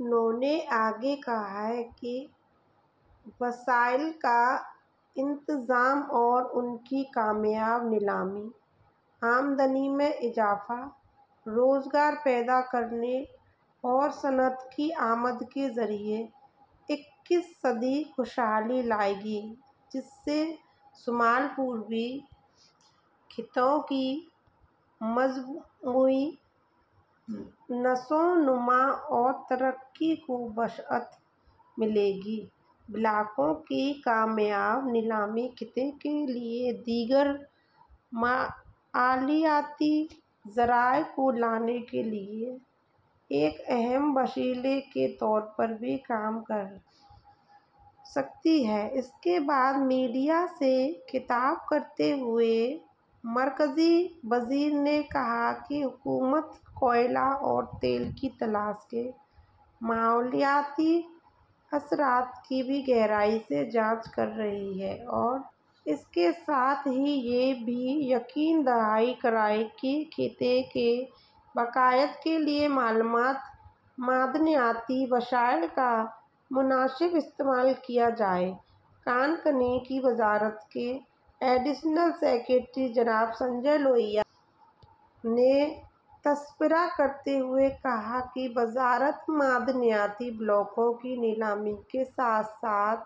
انہوں نے آگے کہا کہ وسائل کا انتظام اور ان کی کامیاب نیلامی آمدنی میں اضافہ روزگار پیدا کرنے اور صنعت کی آمد کے ذریعہ اقتصادی خوشحالی لائے گی جس سے شمال مشرقی خطوں کی مجموعی نشوونما اور ترقی کو وسعت ملے گی بلاکوں کی کامیاب نیلامی خطے کے لیے دیگر مالیاتی ذرائع کو لانے کے لیے ایک اہم وسیلے کے طور پر بھی کام کر سکتی ہے اس کے بعد میڈیا سے خطاب کرتے ہوئے مرکزی وزیر نے کہا کہ حکومت کوئلہ اور تیل کی تلاش کے ماحولیاتی اثرات کی بھی گہرائی سے جانچ کر رہی ہے اور اس کے ساتھ ہی یہ بھی یقین دہانی کرائی کہ خطے کے فوائد کے لیے مالامال معدنیات کے وسائل کا مناسب استعمال کیا جائے کانکنی کی وزارت کے ایڈیشنل سکریٹری جناب سنجے لوہیا نے تبصرہ کرتے ہوئے کہا کہ وزارت معدنیاتی بلاکوں کی نیلامی کے ساتھ ساتھ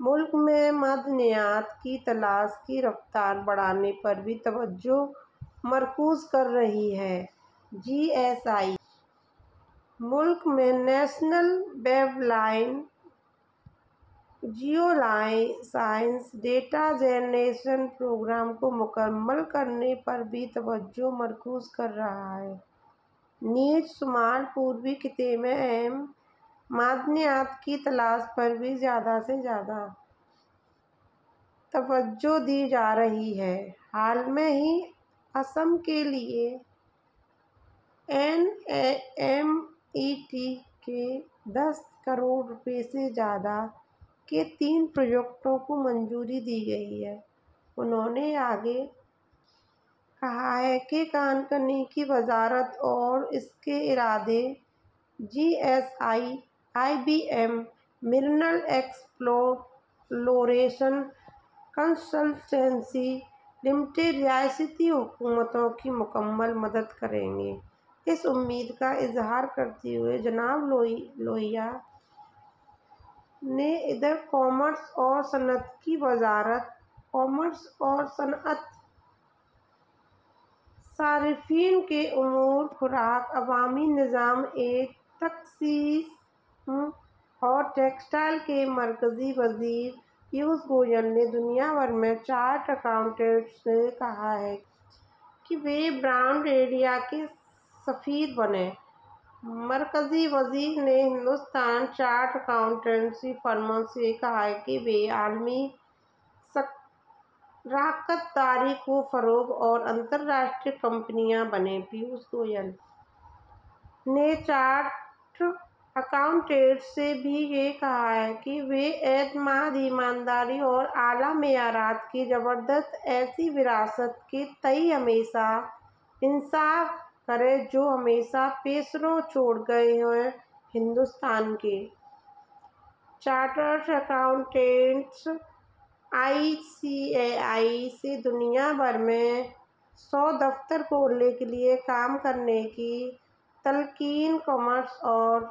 ملک میں معدنیات کی تلاش کی رفتار کو بڑھانے پر بھی توجہ مرکوز کر رہی ہے جی ایس آئی ملک میں national baseline geoscience data generation programme کو مکمل کرنے پر بھی توجہ مرکوز کر رہا ہے نیز شمال مشرقی خطے میں اہم معدنیات کی تلاش پر بھی زیادہ سے زیادہ توجہ دی جا رہی ہے حال ہی میں آسام کے لیے N A M E T سے دس کروڑ روپے سے زیادہ کے تین پروجیکٹوں کو منظوری دی گئی ہے انہوں نے آگے کہا کہ کانکنی کی وزارت اور اس کے ادارے G S I I B mineral exploration consultancy limited ریاستی حکومتوں کی مکمل مدد کریں گے اس امید کا اظہار کرتے ہوئے جناب لوہیا نے ادھر کامرس اور صنعت کی وزارت کامرس اور صنعت صارفین کے امور خوراک عوامی نظام تقسیم اور ٹیکسٹائل کے مرکزی وزیر پیوش گوئل نے دنیا بھر کے چارٹرڈ اکاؤنٹنٹس سے کہا ہے کہ وہ برانڈ انڈیا کے سفراء بنیں مرکزی وزیر نے ہندوستان میں چارٹرڈ اکاؤنٹینسی فرموں سے کہا ہے کہ وہ عالمی شراکت داری کو فروغ دیں اور بین الاقوامی کمپنیاں بنیں پیوش گوئل نے چارٹرڈ اکاؤنٹنٹس سے یہ بھی کہا کہ وہ اعتماد ایمانداری اور اعلیٰ معیارات کی زبردست ایسی وراثت کے تئیں ہمیشہ انصاف کریں جو ان کے پیشرو چھوڑ کر گئے ہیں ہندوستان کے chartered accountants I C A I سے دنیا بھر میں سو دفاتر کھولنے کے لیے کام کرنے کی تلقین کامرس اور